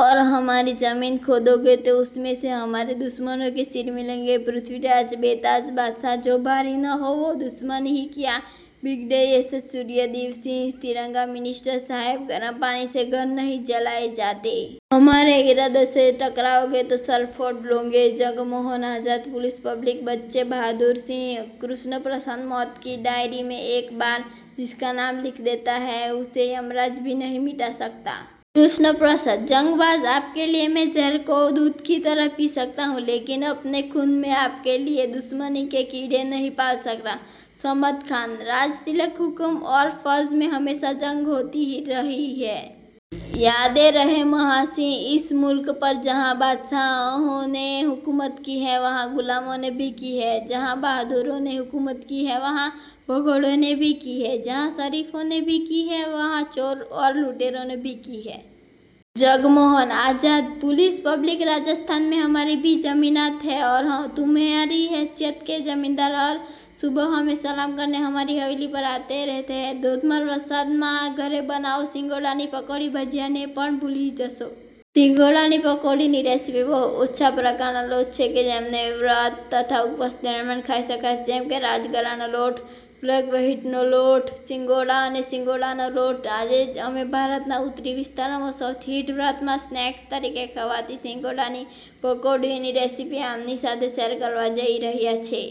ઔર હમારી ઝમીન ખોદોગે તો ઉસમેં સે હમારે દુશ્મનો કે સિર મિલેંગે. પૃથ્વીરાજ, બેતાજ બાદશાહ જો ભારી ન હો, વો દુશ્મની હી ક્યા. બ્રિગેડિયસ સૂર્યદેવસિંહ, તિરંગા મિનિસ્ટર સાહબ, ગરમ પાની સે ઘર નહીં જલાએ જાતે. હમારે ઇરાદો સે ટકરાઓગે તો સર ફોડ લોગે. જગમોહન આઝાદ, પુલિસ પબ્લિક બચ્ચે બહાદુર સિંહ, કૃષ્ણ પ્રસાદ મૌત કી ડાયરી મેં એક બાર જિસકા નામ લિખ દેતા હૈ, ઉસે યમરાજ ભી નહીં મિટા સકતા. કૃષ્ણ પ્રસાદ, જંગ બાઝ આપકે લિએ મેં ઝહર કો દૂધ કી તરહ પી સકતા હૂં, લેકિન અપને ખૂન મેં આપકે લિએ દુશ્મની કે કીડે નહીં પાલ સકતા. સમદ ખાન, રાજ તિલક હુકમ ઔર ફર્ઝ મેં હમેશા જંગ હોતી રહી હૈ. યાદ રહે મહા સિંહ, ઇસ મુલ્ક પર જહાં બાદશાહોને હુકુમત કી હૈ વહાં ગુલામોને ભી કી હૈ. જહાં બહદુરોને હુકુમત કી હૈ વહાં ભગૌડોને ભી કી હૈ. જહાં શરીફો ને ભી કી હૈ વહાં ચોર ઔર લુટેરોને ભી કી હૈ. જગમોહન આઝાદ, પુલિસ પબ્લિક રાજસ્થાન મેં હમારી ભી ઝમીનાત હૈ ઔર તુમ્હારી હૈસિયત કે ઝમીનદાર હર સુબહ હમે સલામ કરને, હમારી હવેલી પર આતે રહેતે હૈ. ધોધમાર વરસાદમાં ઘરે બનાવો સિંગોડાની પકોડી. ભજીયાને પણ ભૂલી જશો. સિંગોડાની પકોડીની રેસિપી: બહુ ઓછા પ્રકારનાં લોટ છે કે જેમને વ્રત તથા ઉપવાસ દરમિયાન ખાઈ શકાય છે. જેમ કે રાજગરાનો લોટ, બકવ્હીટનો લોટ અને સિંગોડા અને સિંગોડાનો લોટ. આજે અમે ભારતનાં ઉત્તરી વિસ્તારોનાં સૌથી હિટ વ્રતમાં સ્નૅક્સ તરીકે ખવાતી સિંગોડાની પકોડીઓની રેસિપી આપની સાથે શૅર કરવા જઈ રહ્યાં છીએ.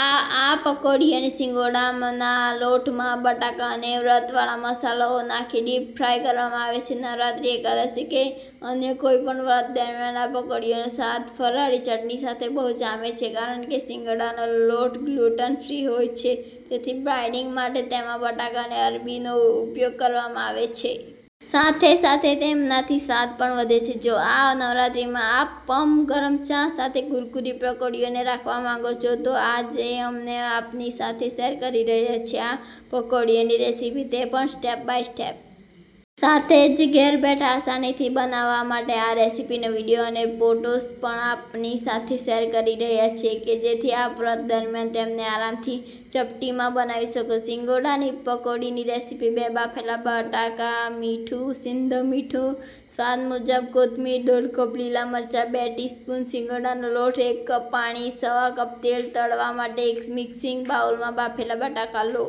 આ પકોડીઓને સિંગોડાનાં લોટમાં બટાકા અને વ્રત વાળા મસાલાઓ નાંખી ડીપ ફ્રાય કરવામાં આવે છે. નવરાત્રિ, એકાદશી કે અન્ય કોઈ પણ વ્રત દરમિયાન આ પકોડીઓનો સ્વાદ ફરાળી ચટણી સાથે બહુ જામે છે. કારણ કે સિંગોડાનો લોટ ગ્લૂટન ફ્રી હોય છે, તેથી બાઇડિંગ માટે તેમાં બટાકા અને અરબી નો ઉપયોગ કરવામાં આવે છે. સાથે-સાથે તેમનાંથી સ્વાદ પણ વધે છે. જો આ નવરાત્રિમાં આપ પમ ગરમ ચા સાથે કુરકુરી પકોડીઓને ચાખવા માંગો છો, તો આજે અમે આપની સાથે શૅર કરી રહ્યા છીએ આ પકોડીઓની રેસિપી, તે પણ સ્ટેપ બાય સ્ટેપ. સાથે જ ઘેર બેઠા આસાનીથી બનાવવા માટે આ રેસિપીનો વીડિયો અને પોટોસ પણ આપની સાથે શૅર કરી રહ્યા છીએ કે જેથી આપ વ્રત દરમિયાન તેમને આરામથી ચપટીમાં બનાવી શકો. સિંગોડાની પકોડીની રેસિપી બે બાફેલા બટાકા, મીઠું – સિંધવ મીઠું, સ્વાદ મુજબ કોથમીર – દોઢ કપ લીલા મરચા, બે ટી સ્પૂન સિંગોડાનો લોટ, એક કપ પાણી, સવા કપ તેલ, તળવા માટે એક મિક્સિંગ બાઉલમાં બાફેલા બટાકા લો.